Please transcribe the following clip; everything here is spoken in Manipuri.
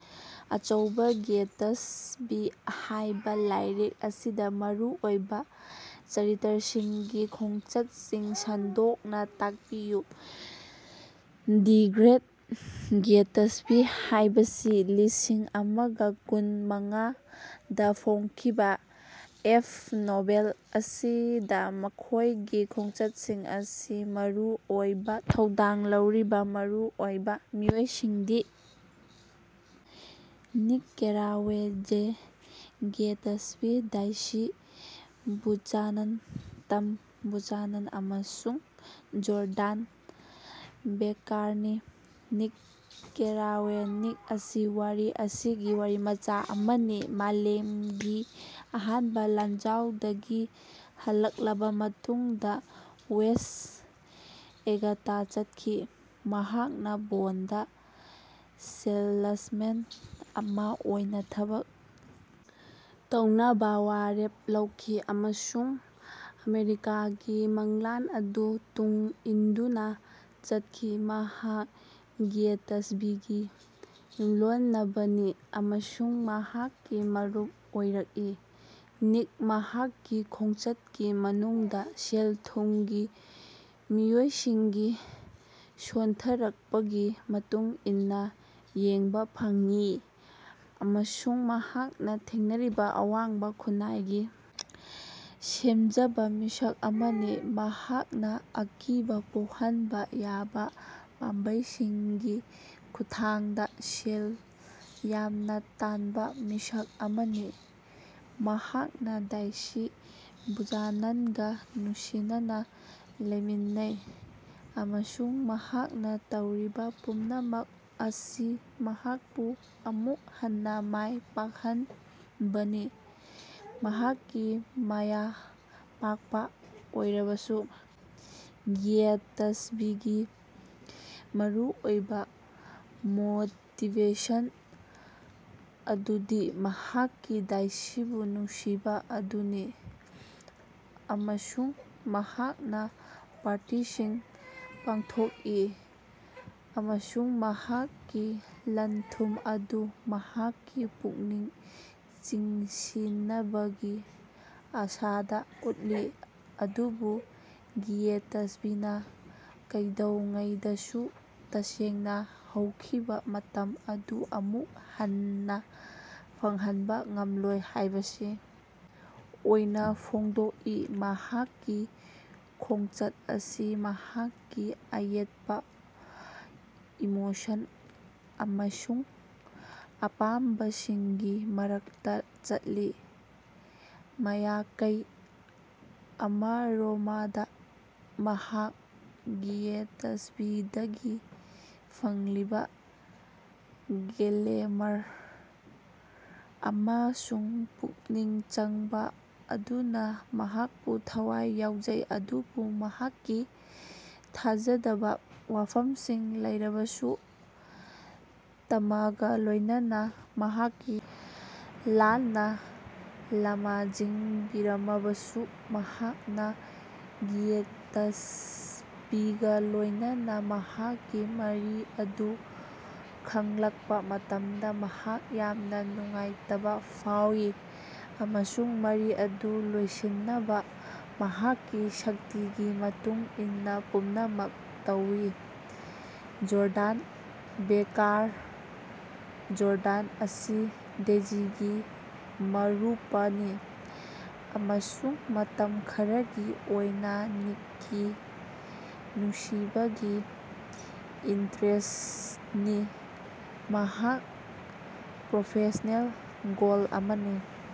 "ꯑꯆꯧꯕꯥ ꯒ꯭ꯌꯦꯇꯁꯕꯤ ꯍꯥꯏꯕꯥ ꯂꯥꯏꯔꯤꯛ ꯑꯁꯤꯗꯥ ꯃꯔꯨ ꯑꯣꯏꯕꯥ ꯆꯔꯤꯇ꯭ꯔꯁꯤꯡꯒꯤ ꯈꯣꯡꯆꯠꯁꯤꯡ ꯁꯟꯗꯣꯛꯅꯥ ꯇꯥꯛꯄꯤꯌꯨ꯫"ꯗꯤ ꯒ꯭ꯔꯦꯠ ꯒ꯭ꯌꯦꯇꯁꯕꯤ" ꯍꯥꯏꯕꯁꯤ ꯂꯤꯁꯤꯡ ꯑꯃꯒ ꯀꯨꯟ ꯃꯉꯥ ꯗꯥ ꯐꯣꯡꯈꯤꯕꯥ ꯑꯦꯐ. ꯅꯣꯚꯦꯜ ꯑꯁꯤꯗꯥ ꯃꯈꯣꯏꯒꯤ ꯈꯣꯡꯆꯠꯁꯤꯡ ꯑꯁꯤ ꯃꯔꯨ ꯑꯣꯏꯕꯥ ꯊꯧꯗꯥꯡ ꯂꯧꯔꯤꯕꯥ ꯃꯔꯨ ꯑꯣꯏꯕꯥ ꯃꯤꯑꯣꯏꯁꯤꯡꯗꯤ Nick Carraway, Jay Gatsby, Daisy Buchanan, Tom Buchanan ꯑꯃꯁꯨꯡ ꯖꯣꯔꯗꯥꯟ ꯕꯦꯀꯥꯔꯅꯤ꯫ ꯅꯤꯛ ꯀꯦꯔꯥꯋꯦ ꯅꯤꯛ ꯑꯁꯤ ꯋꯥꯔꯤ ꯑꯁꯤꯒꯤ ꯋꯥꯔꯤꯃꯆꯥꯅꯤ ꯑꯃꯁꯨꯡ ꯃꯥꯂꯦꯝꯒꯤ ꯑꯍꯥꯟꯕ ꯂꯥꯟꯖꯥꯎꯗꯒꯤ ꯍꯜꯂꯛꯂꯕꯥ ꯃꯇꯨꯡꯗꯥ ꯋꯦꯁ꯭ꯠ ꯑꯦꯒꯇꯥ ꯆꯠꯈꯤ꯫ ꯃꯍꯥꯛꯅꯥ ꯕꯣꯟꯗ ꯁꯦꯜꯂꯁꯃꯦꯟ ꯑꯃꯥ ꯑꯣꯏꯅꯥ ꯊꯕꯛ ꯇꯧꯅꯕꯥ ꯋꯥꯔꯦꯞ ꯂꯧꯈꯤ꯫ ꯑꯃꯁꯨꯡ ꯑꯃꯦꯔꯤꯀꯥꯒꯤ ꯃꯪꯂꯥꯟ ꯑꯗꯨ ꯇꯨꯡ ꯏꯟꯗꯨꯅꯥ ꯆꯠꯈꯤ꯫ ꯃꯍꯥꯛ ꯒ꯭ꯌꯦꯇꯁꯕꯤꯒꯤ ꯌꯨꯝꯂꯣꯟꯅꯕꯅꯤ ꯑꯃꯁꯨꯡ ꯃꯍꯥꯛꯀꯤ ꯃꯔꯨꯞ ꯑꯣꯏꯔꯛꯏ꯫ ꯅꯤꯛ ꯃꯍꯥꯛꯀꯤ ꯈꯣꯡꯆꯠꯀꯤ ꯃꯅꯨꯡꯗꯥ ꯁꯦꯜ-ꯊꯨꯝꯒꯤ ꯃꯤꯑꯣꯏꯁꯤꯡꯒꯤ ꯁꯣꯟꯊꯔꯛꯄꯒꯤ ꯃꯇꯨꯡ ꯏꯟꯅꯥ ꯌꯦꯡꯕꯥ ꯐꯪꯏ꯫ ꯑꯃꯁꯨꯡ ꯃꯍꯥꯛꯅꯥ ꯊꯦꯡꯅꯔꯤꯕꯥ ꯑꯋꯥꯡꯕꯥ ꯈꯨꯟꯅꯥꯏꯒꯤ ꯁꯦꯝꯖꯕꯥ ꯃꯤꯁꯛ ꯑꯃꯅꯤ꯫ ꯃꯍꯥꯛ ꯑꯀꯤꯕꯥ ꯄꯣꯛꯍꯟꯕꯥ ꯌꯥꯕꯥ ꯄꯥꯝꯕꯩꯁꯤꯡꯒꯤ ꯈꯨꯠꯊꯥꯡꯗꯥ ꯁꯦꯜ ꯌꯥꯝꯅꯥ ꯇꯥꯟꯕꯥ ꯃꯤꯁꯛ ꯑꯃꯅꯤ꯫ ꯃꯍꯥꯛ ꯗꯥꯏꯁꯤ ꯕꯨꯆꯥꯅꯟꯒꯥ ꯅꯨꯡꯁꯤꯅꯅꯥ ꯂꯩꯃꯤꯟꯅꯩ꯫ ꯑꯃꯁꯨꯡ ꯃꯍꯥꯛꯅꯥ ꯇꯧꯔꯤꯕꯥ ꯄꯨꯝꯅꯃꯛ ꯑꯁꯤ ꯃꯍꯥꯛꯄꯨ ꯑꯃꯨꯛ ꯍꯟꯅꯥ ꯃꯥꯏ ꯄꯥꯛꯍꯟꯕꯅꯤ꯫ ꯃꯍꯥꯛꯀꯤ ꯃꯥꯌ ꯄꯥꯛꯄꯥ ꯑꯣꯏꯔꯕꯁꯨ ꯒ꯭ꯌꯦꯇꯁꯕꯤꯒꯤ ꯃꯔꯨꯑꯣꯏꯕꯥ ꯃꯣꯇꯤꯕꯦꯁꯟ ꯑꯗꯨꯗꯤ ꯃꯍꯥꯛꯀꯤ ꯗꯥꯏꯁꯤꯕꯨ ꯅꯨꯡꯁꯤꯕꯥ ꯑꯗꯨꯅꯤ꯫ ꯑꯃꯁꯨꯡ ꯃꯍꯥꯛꯅꯥ ꯄꯥꯔꯇꯤꯁꯤꯡ ꯄꯥꯡꯊꯣꯛꯏ ꯫ꯑꯃꯁꯨꯡ ꯃꯍꯥꯛꯀꯤ ꯂꯟ-ꯊꯨꯝ ꯑꯗꯨ ꯃꯍꯥꯛꯀꯤ ꯄꯨꯛꯅꯤꯡ ꯆꯤꯡꯁꯤꯅꯕꯒꯤ ꯑꯥꯁꯥꯗꯥ ꯎꯠꯂꯤ꯫ ꯑꯗꯨꯕꯨ ꯒ꯭ꯌꯦꯇꯁꯕꯤꯅꯥ ꯀꯩꯗꯧꯉꯩꯗꯁꯨ ꯇꯁꯦꯡꯅꯥ ꯍꯧꯈꯤꯕꯥ ꯃꯇꯝ ꯑꯗꯨ ꯑꯃꯨꯛ ꯍꯟꯅꯥ ꯐꯪꯍꯟꯕꯥ ꯉꯝꯂꯣꯏ ꯍꯥꯏꯕꯁꯤ ꯑꯣꯏꯅꯥ ꯐꯣꯡꯗꯣꯛꯏ꯫ ꯃꯍꯥꯛꯀꯤ ꯈꯣꯡꯆꯠ ꯑꯁꯤ ꯃꯍꯥꯛꯀꯤ ꯑꯌꯦꯠꯄꯥ ꯏꯃꯣꯁꯟ ꯑꯃꯁꯨꯡ ꯑꯄꯥꯝꯕꯁꯤꯡꯒꯤ ꯃꯔꯛꯇꯥ ꯆꯠꯂꯤ꯫ ꯃꯥꯌꯀꯩ ꯑꯃꯔꯣꯃꯗꯥ ꯃꯍꯥꯛ ꯒ꯭ꯌꯦꯇꯁꯕꯤꯗꯒꯤ ꯐꯪꯂꯤꯕꯥ ꯒ꯭ꯂꯦꯃꯔ ꯑꯃꯁꯨꯡ ꯄꯨꯛꯅꯤꯡ ꯆꯪꯕꯥ ꯑꯗꯨꯅꯥ ꯃꯍꯥꯀꯄꯨ ꯊꯋꯥꯏ ꯌꯥꯎꯖꯩ ꯑꯗꯨꯕꯨ ꯃꯍꯥꯛꯀꯤ ꯊꯥꯖꯗꯕꯥ ꯋꯥꯐꯝꯁꯤꯡ ꯂꯩꯔꯕꯁꯨ ꯇꯃꯒꯥ ꯂꯣꯏꯅꯅꯥ ꯃꯍꯥꯛꯀꯤ ꯂꯥꯟꯅꯥ ꯂꯃꯖꯤꯡꯕꯤꯔꯕꯁꯨ, ꯃꯍꯥꯛꯅꯥ ꯒ꯭ꯌꯦꯇꯁꯕꯤꯒꯥ ꯂꯣꯏꯅꯅꯥ ꯃꯍꯥꯛꯀꯤ ꯃꯔꯤ ꯑꯗꯨ ꯈꯡꯂꯛꯄꯥ ꯃꯇꯝꯗꯥ ꯃꯍꯥꯛ ꯌꯥꯝꯅꯥ ꯅꯨꯡꯉꯥꯏꯇꯕꯥ ꯐꯥꯎꯏ꯫ ꯑꯃꯁꯨꯡ ꯃꯔꯤ ꯑꯗꯨ ꯂꯣꯏꯁꯤꯟꯅꯕꯥ ꯃꯍꯥꯛꯀꯤ ꯁꯛꯇꯤꯒꯤ ꯃꯇꯨꯡ ꯏꯟꯅꯥ ꯄꯨꯝꯅꯃꯛ ꯇꯧꯏ꯫ ꯖꯣꯔꯗꯥꯟ ꯕꯦꯀꯥꯔ ꯖꯣꯔꯗꯥꯟ ꯑꯁꯤ ꯗꯦꯖꯤꯒꯤ ꯃꯔꯨꯄꯅꯤ꯫ ꯑꯃꯁꯨꯡ ꯃꯇꯝ ꯈꯔꯒꯤ ꯑꯣꯏꯅꯥ ꯅꯤꯛꯀꯤ ꯅꯨꯡꯁꯤꯕꯒꯤ ꯏꯟꯇꯔꯦꯁ꯭ꯠꯅꯤ꯫ ꯃꯍꯥꯛ ꯄ꯭ꯔꯣꯐꯦꯁ꯭ꯅꯦꯜ ꯒꯣꯜ ꯑꯃꯅꯤ꯫